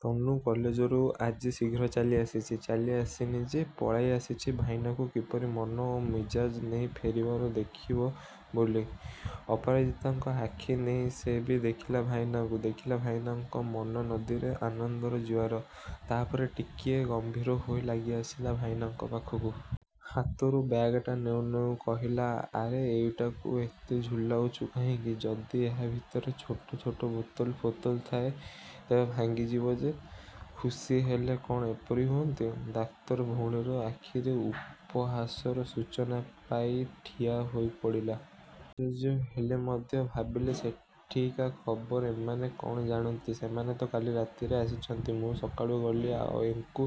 : ତନୁ କଲେଜରୁ ଆଜି ଶୀଘ୍ର ଚାଲିଆସିଛି। ଚାଲି ଆସିନି ଯେ, ପଳାଇ ଆସିଛି ଭାଇନାକୁ କିପରି ମନ ଓ ମିଜାଜ ନେଇ ଫେରିବାର ଦେଖିବ ବୋଲି। ଅପରାଜିତାଙ୍କ ଆଖି ନେଇ ସେ ବି ଦେଖିଲା ଭାଇନାଙ୍କୁ। ଦେଖିଲା ଭାଇନାଙ୍କ ମନନଦୀରେ ଆନନ୍ଦର ଜୁଆର। ତାପରେ, ଟିକିଏ ଗମ୍ଭୀର ହୋଇ ଲାଗିଆସିଲା ଭାଇନାଙ୍କ ପାଖକୁ। ହାତରୁ ବ୍ୟାଗଟା ନେଉ ନେଉ କହିଲା ଆରେ ଏଇଟାକୁ ଏତେ ଝୁଲାଉଛ କାହିଁକି? ଯଦି ଏହା ଭିତରେ ଛୋଟ ଛୋଟ ବୋତଲ ଫୋତଲ ଥାଏ, ତେବେ ଭାଙ୍ଗିଯିବ ଯେ। ଖୁସି ହେଲେ କ'ଣ ଏପରି ହୁଅନ୍ତି? ଡାକ୍ତର ଭଉଣୀର ଆଖିରେ ଉପହାସର ସୂଚନା ପାଇ ଠିଆ ହୋଇପଡ଼ିଲା। ଆଶ୍ଚର୍ଯ୍ୟ ହେଲେ ମଧ୍ୟ। ଭାବିଲେ ସେଠିକା ଖବର ଏମାନେ କ'ଣ ଜାଣନ୍ତି! ସେମାନେ ତ କାଲି ରାତିରେ ଆସିଛନ୍ତି। ମୁଁ ସକାଳୁ ଗଲି, ଆଉ ଏଙ୍କୁ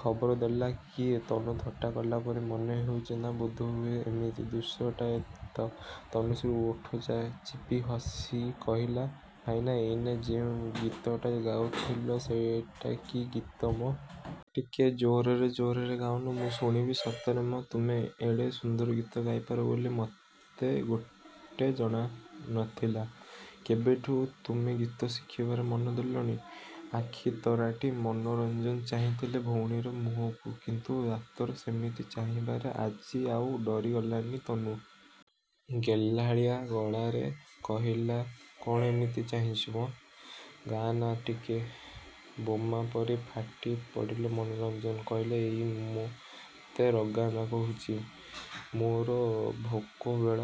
ଖବର ଦେଲା କିଏ! ତନୁ ଥଟ୍ଟା କଲା ପରି ମନେହେଉଛି ନା, ବୋଧହୁଏ ଏମିତି। ଦୁଷ୍ଟଟାଏ ତ! ତନୁଶ୍ରୀ ଓଠ ଚିପି ହସି କହିଲା ଭାଇନା, ଏଇନେ ଯେଉଁ ଗୀତଟା ଗାଉଥିଲ, ସେଟା କି ଗୀତ ମ? ଟିକେ ଜୋରରେ ଜୋରରେ ଗାଉନ। ମୁଁ ଶୁଣିବି। ସତରେ ମ ତୁମେ ଏଡ଼େ ସୁନ୍ଦର ଗୀତ ଗାଇପାର ବୋଲି ମୋତେ ଗୋଟେ ଜଣାନଥିଲା। କେବେଠୁଁ ତୁମେ ଗୀତ ଶିଖିବାରେ ମନଦେଲଣି? ଆଖି ତରାଟି ମନୋରଞ୍ଜନ ଚାହିଁଥିଲେ ଭଉଣୀର ମୁହଁକୁ। କିନ୍ତୁ ଡାକ୍ତର ସେମିତି ଚାହିଁବାରେ ଆଜି ଆଉ ଡରିଗଲାନି ତନୁ। ଗେହ୍ଲାଳିଆ ଗଳାରେ କହିଲା କ'ଣ ଏମିତି ଚାହିଁଛ ମ? ଗାଅନା ଟିକେ। ବୋମା ପରି ଫାଟି ପଡ଼ିଲେ ମନୋରଞ୍ଜନ। କହିଲେ"ଏଇ, ମୋତେ ରଗାନା କହୁଛି। ମୋର ଭୋକ ବେଳ,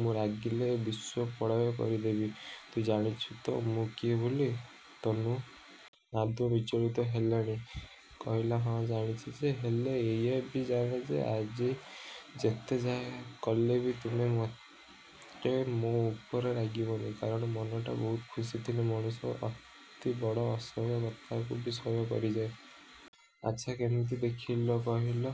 ମୁଁ ରାଗିଲେ ବିଶ୍ୱ ପ୍ରଳୟ କରିଦେବି। ତୁ ଜାଣିଛୁ ତ ମୁଁ କିଏ ବୋଲି? ତନୁ ଆଦୌ ବିଚଳିତ ହେଲାନି। କହିଲା ହଁ, ଜାଣିଛି ଯେ, ହେଲେ ଏଇଆ ବି ଜାଣେ ଯେ ଆଜି ଯେତେ ଯାହା କଲେବି ତୁମେ ମୋଟେ ମୋ ଉପରେ ରାଗିବନି। କାରଣ, ମନଟା ବହୁତ ଖୁସିଥିଲେ ମଣିଷ ଅତି ବଡ଼ ଅସହ୍ୟ କଥାକୁ ବି ସହ୍ୟ କରିଯାଏ। ଆଚ୍ଛା, କେମିତି ଦେଖିଲ କହିଲ?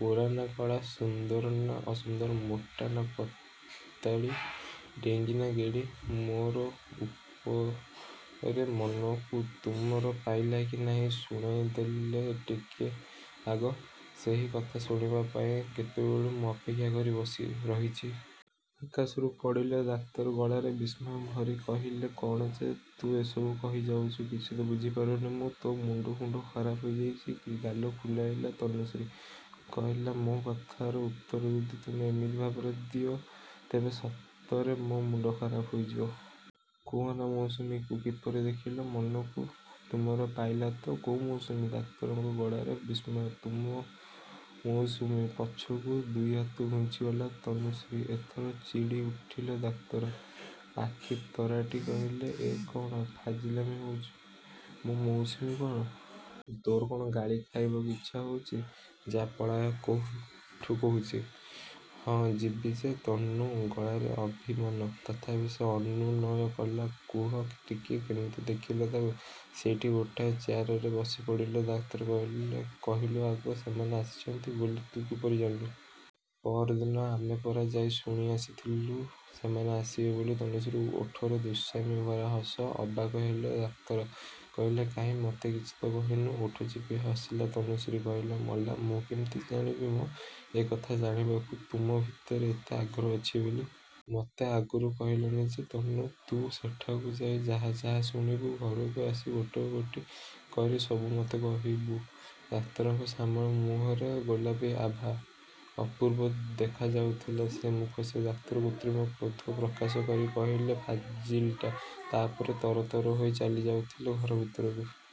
ଗୋରା ନା କଳା, ସୁନ୍ଦର ନା ଅସୁନ୍ଦର, ମୋଟା ନା ପାତଳୀ, ଡେଙ୍ଗୀ ନା ଗେଡ଼ୀ? ମୋଟ ଉପରେ ମନକୁ ତୁମର ପାଇଲା କି ନାହିଁ, ଶୁଣାଇଦେଲ ଟିକେ ଆଗ। ସେହି କଥା ଶୁଣିବା ପାଇଁ କେତେବେଳୁ ମୁଁ ଅପେକ୍ଷା କରି ବସି ରହିଛି। ଆକାଶରୁ ପଡ଼ିଲେ ଡାକ୍ତର। ଗଳାରେ ବିସ୍ମୟ ଭରି କହିଲେ କ'ଣ ଯେ ତୁ ଏସବୁ କହିଯାଉଛୁ, କିଛି ତ ବୁଝିପାରୁନି ମୁଁ। ତୋ ମୁଣ୍ଡ ଫୁଣ୍ଡ ଖରାପ ହୋଇଯାଇଛି କି? ଗାଲ ଫୁଲାଇଲା ତନୁଶ୍ରୀ। କହିଲା ମୋ କଥାର ଉତ୍ତର ଯଦି ତୁମେ ଏମିତି ଭାବରେ ଦିଅ, ତେବେ ସତରେ ମୋ ମୁଣ୍ଡ ଖରାପ ହୋଇଯିବ। କୁହନା, ମୌସୁମୀକୁ କିପରି ଦେଖିଲ? ମନକୁ ତୁମର ପାଇଲା ତ କୋଉ ମୌସୁମୀ? ଡାକ୍ତରଙ୍କ ଗଳାରେ ବିସ୍ମୟ। ତୁମ ମୌସୁମୀ। ପଛକୁ ଦୁଇହାତ ଘୁଞ୍ଚିଗଲା ତନୁଶ୍ରୀ। ଏଥର ଚିଡ଼ି ଉଠିଲେ ଡାକ୍ତର। ଆଖି ତରାଟି କହିଲେ ଏ, କ'ଣ ଫାଜିଲାମି ହଉଛି? ମୋ ମୌସୁମୀ କ'ଣ? ତୋର କ'ଣ ଗାଳି ଖାଇବାକୁ ଇଚ୍ଛା ହଉଛି? ଯା, ପଳା ଏଠୁ କହୁଛି। ହଁ ଯିବି ଯେ ତନୁ ଗଳାରେ ଅଭିମାନ। ତଥାପି ସେ ଅନୁନୟ କଲା, କୁହ ଟିକିଏ, କେମିତି ଦେଖିଲ ତାକୁ। ସେଇଠି ଗୋଟାଏ ଚେୟାରରେ ବସିପଡ଼ିଲେ ଡାକ୍ତର। କହିଲେ, କହିଲୁ ଆଗ, ସେମାନେ ଆସିଛନ୍ତି ବୋଲି ତୁ କିପରି ଜାଣିଲୁ? ପଅରଦିନ ଆମେ ପରା ଯାଇ ଶୁଣି ଆସିଥିଲୁ ସେମାନେ ଆସିବେ ବୋଲି। ତନୁଶ୍ରୀ ଓଠରେ ଦୁଷ୍ଟାମି ଭରା ହସ। ଅବାକ ହେଲେ ଡାକ୍ତର। କହିଲେ କାହିଁ, ମୋତେ କିଛି ତ କହିନୁ? ଓଠ ଚିପି ହସିଲା ତନୁଶ୍ରୀ। କହିଲା ମଲା, ମୁଁ କିମିତି ଜାଣିବି ମ, ଏକଥା ଜାଣିବାକୁ ତୁମ ଭିତରେ ଏତେ ଆଗ୍ରହ ଅଛି ବୋଲି! ମୋତେ ଆଗରୁ କହିଲନି ଯେ 'ତନୁ, ତୁ ସେଠାକୁ ଯାଇ ଯାହା ଯାହା ଶୁଣିବୁ, ଘରକୁ ଆସି ଗୋଟି ଗୋଟି କରି ସବୁ ମୋତେ କହିବୁ। ଡାକ୍ତରଙ୍କ ଶ୍ୟାମଳ ମୁହଁରେ ଗୋଲାପି ଆଭା। ଅପୂର୍ବ ଦେଖାଯାଉଥିଲା ସେ ମୁଖଶ୍ରୀ। ଡାକ୍ତର କୃତ୍ରିମ କ୍ରୋଧ ପ୍ରକାଶ କରି କହିଲେ ଫାଜିଲ୍ଟା। ତା'ପରେ ତରତର ହୋଇ ଚାଲିଯାଉଥିଲେ ଘର ଭିତରକୁ।